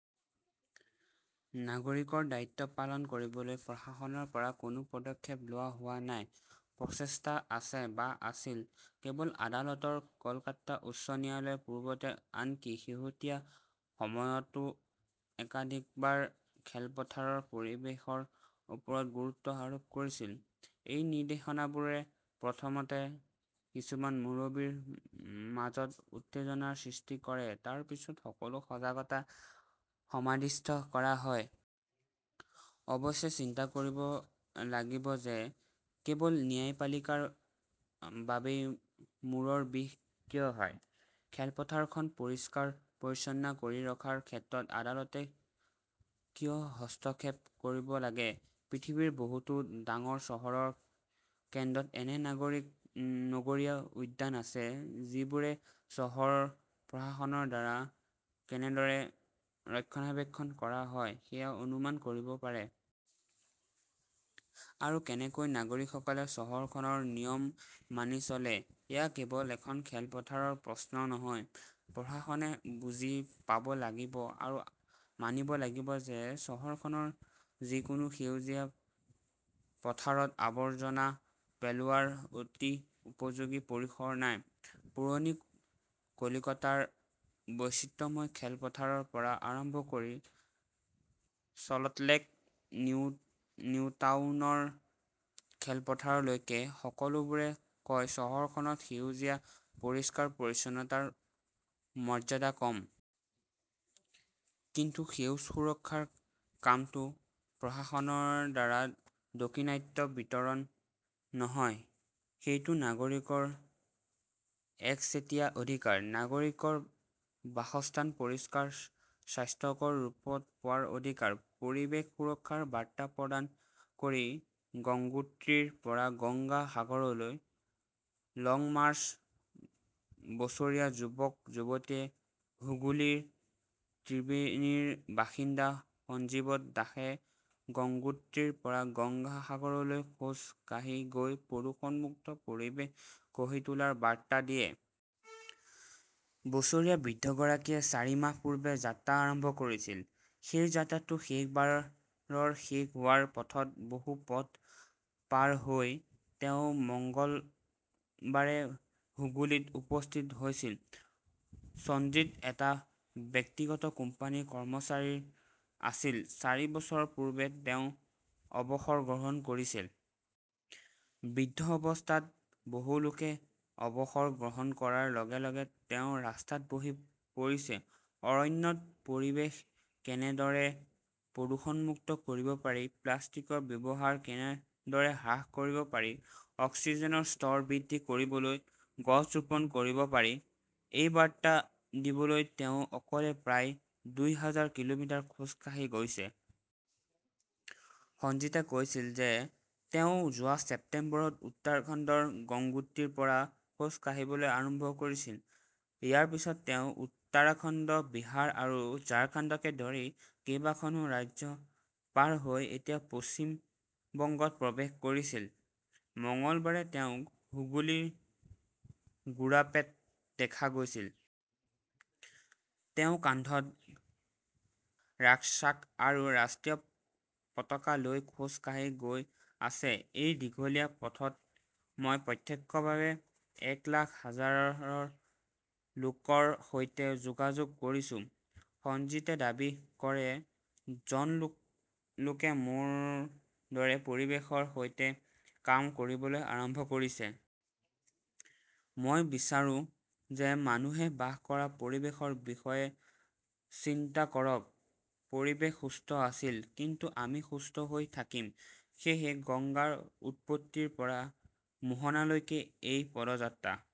নাগৰিকৰ দায়িত্ব পালন কৰিবলৈ প্ৰশাসনৰ পৰা কোনো পদক্ষেপ লোৱা হোৱা নাই। প্ৰচেষ্টা আছে, বা আছিল, কেৱল আদালতৰ। কলকাতা উচ্চ ন্যায়ালয়ে পূৰ্বতে, আনকি শেহতীয়া সময়তও একাধিকবাৰ খেলপথাৰৰ পৰিৱেশৰ ওপৰত গুৰুত্ব আৰোপ কৰিছিল। এই নিৰ্দেশনাবোৰে প্ৰথমতে কিছুমান মুৰব্বীৰ মাজত উত্তেজনাৰ সৃষ্টি কৰে, তাৰ পিছত সকলো সজাগতা সমাধিস্থ কৰা হয়। অৱশ্যে, চিন্তা কৰিব লাগিব যে কেৱল ন্যায়পালিকাৰ বাবেই মূৰৰ বিষ কিয় হয়। খেলপথাৰখন পৰিষ্কাৰ-পৰিচ্ছন্ন কৰি ৰখাৰ ক্ষেত্ৰত আদালতে কিয় হস্তক্ষেপ কৰিব লাগে। পৃথিৱীৰ বহুতো ডাঙৰ চহৰৰ কেন্দ্ৰত এনে নগৰীয়া উদ্যান আছে, যিবোৰে চহৰ প্ৰশাসনৰ দ্বাৰা কেনেদৰে ৰক্ষণাবেক্ষণ কৰা হয় সেয়া অনুমান কৰিব পাৰে। আৰু কেনেকৈ নাগৰিকসকলে চহৰখনৰ নিয়ম মানি চলে। এয়া কেৱল এখন খেলপথাৰৰ প্ৰশ্ন নহয়। প্ৰশাসনে বুজি পাব লাগিব আৰু মানিব লাগিব যে চহৰখনৰ যিকোনো সেউজীয়া পথাৰত আৱৰ্জনা পেলোৱাৰ অতি উপযোগী পৰিসৰ নাই। পুৰণি কলিকতাৰ বৈচিত্ৰ্যময় খেলপথাৰৰ পৰা আৰম্ভ কৰি চল্টলেক নিউটাউনৰ খেলপথাৰলৈকে, সকলোবোৰে কয়-চহৰখনত সেউজীয়া পৰিষ্কাৰ-পৰিচ্ছন্নতাৰ মৰ্যাদা কম। কিন্তু সেউজ সুৰক্ষাৰ কামটো প্ৰশাসনৰ দ্বাৰা দাক্ষিণাত্য বিতৰণ নহয়। সেইটো নাগৰিকৰ একচেটিয়া অধিকাৰ। নাগৰিকৰ বাসস্থান পৰিষ্কাৰ, স্বাস্থ্যকৰ ৰূপত পোৱাৰ অধিকাৰ। পৰিৱেশ সুৰক্ষাৰ বাৰ্তা প্ৰদান কৰি গংগোত্ৰীৰ পৰা গংগা সাগৰলৈ 'লং মাৰ্চ বছৰীয়া যুৱক-যুৱতীয়ে হুগলীৰ ত্ৰিবেণীৰ বাসিন্দা সঞ্জীৱত দাসে গংগোত্ৰীৰ পৰা গংগা সাগৰলৈ খোজ কাঢ়ি গৈ প্ৰদূষণ মুক্ত পৰিৱেশ গঢ়ি তোলাৰ বাৰ্তা দিয়ে। বছৰীয়া বৃদ্ধগৰাকীয়ে চাৰি মাহ পূৰ্বে যাত্ৰা আৰম্ভ কৰিছিল। সেই যাত্ৰাটো এইবাৰ শেষ হোৱাৰ পথত। বহু পথ পাৰ হৈ তেওঁ মঙলবাৰে হুগলীত উপস্থিত হৈছিল। ছঞ্জিত এটা ব্যক্তিগত কোম্পানীৰ কৰ্মচাৰী আছিল। চাৰি বছৰ পূৰ্বে তেওঁ অৱসৰ গ্ৰহণ কৰিছিল। বৃদ্ধ অৱস্থাত বহু লোকে অৱসৰ গ্ৰহণ কৰাৰ লগে লগে তেওঁ ৰাস্তাত বহি পৰিছে-অৰণ্যত। পৰিৱেশ কেনেদৰে প্ৰদূষণমুক্ত কৰিব পাৰি, প্লাষ্টিকৰ ব্যৱহাৰ কেনেদৰে হ্ৰাস কৰিব পাৰি, অক্সিজেনৰ স্তৰ বৃদ্ধি কৰিবলৈ গছ ৰোপণ কৰিব পাৰি, এই বাৰ্তা দিবলৈ তেওঁ অকলে প্ৰায় দুই হাজাৰ কিলোমিটাৰ খোজ কাঢ়ি গৈছে। সঞ্জীথে কৈছিল যে তেওঁ যোৱা ছেপ্টেম্বৰত উত্তৰাখণ্ডৰ গংগোত্ৰীৰ পৰা খোজ কাঢ়িবলৈ আৰম্ভ কৰিছিল। ইয়াৰ পিছত তেওঁ উত্তৰাখণ্ড, বিহাৰ আৰু ঝাৰখণ্ডকে ধৰি কেইবাখনো ৰাজ্য পাৰ হৈ এতিয়া পশ্চিম বংগত প্ৰৱেশ কৰিছিল। মঙলবাৰে তেওঁক হুগলীৰ গুৰাপেত দেখা গৈছিল। তেওঁ কান্ধত ৰাক্সাক আৰু ৰাষ্ট্ৰীয় পতাকা লৈ খোজ কাঢ়ি গৈ আছে। এই দীঘলীয়া পথত মই প্ৰত্যক্ষভাৱে এক লাখ হাজাৰ লোকৰ সৈতে যোগাযোগ কৰিছো, সঞ্জিতে দাবী কৰে। জন লোকে মোৰ দৰে পৰিৱেশৰ সৈতে কাম কৰিবলৈ আৰম্ভ কৰিছে। মই বিচাৰো যে মানুহে বাস কৰা পৰিৱেশৰ বিষয়ে চিন্তা কৰক। পৰিৱেশ সুস্থ আছিল কিন্তু আমি সুস্থ হৈ থাকিম। সেয়েহে গংগাৰ উৎপত্তিৰ পৰা মোহনালৈকে এই পদযাত্ৰা।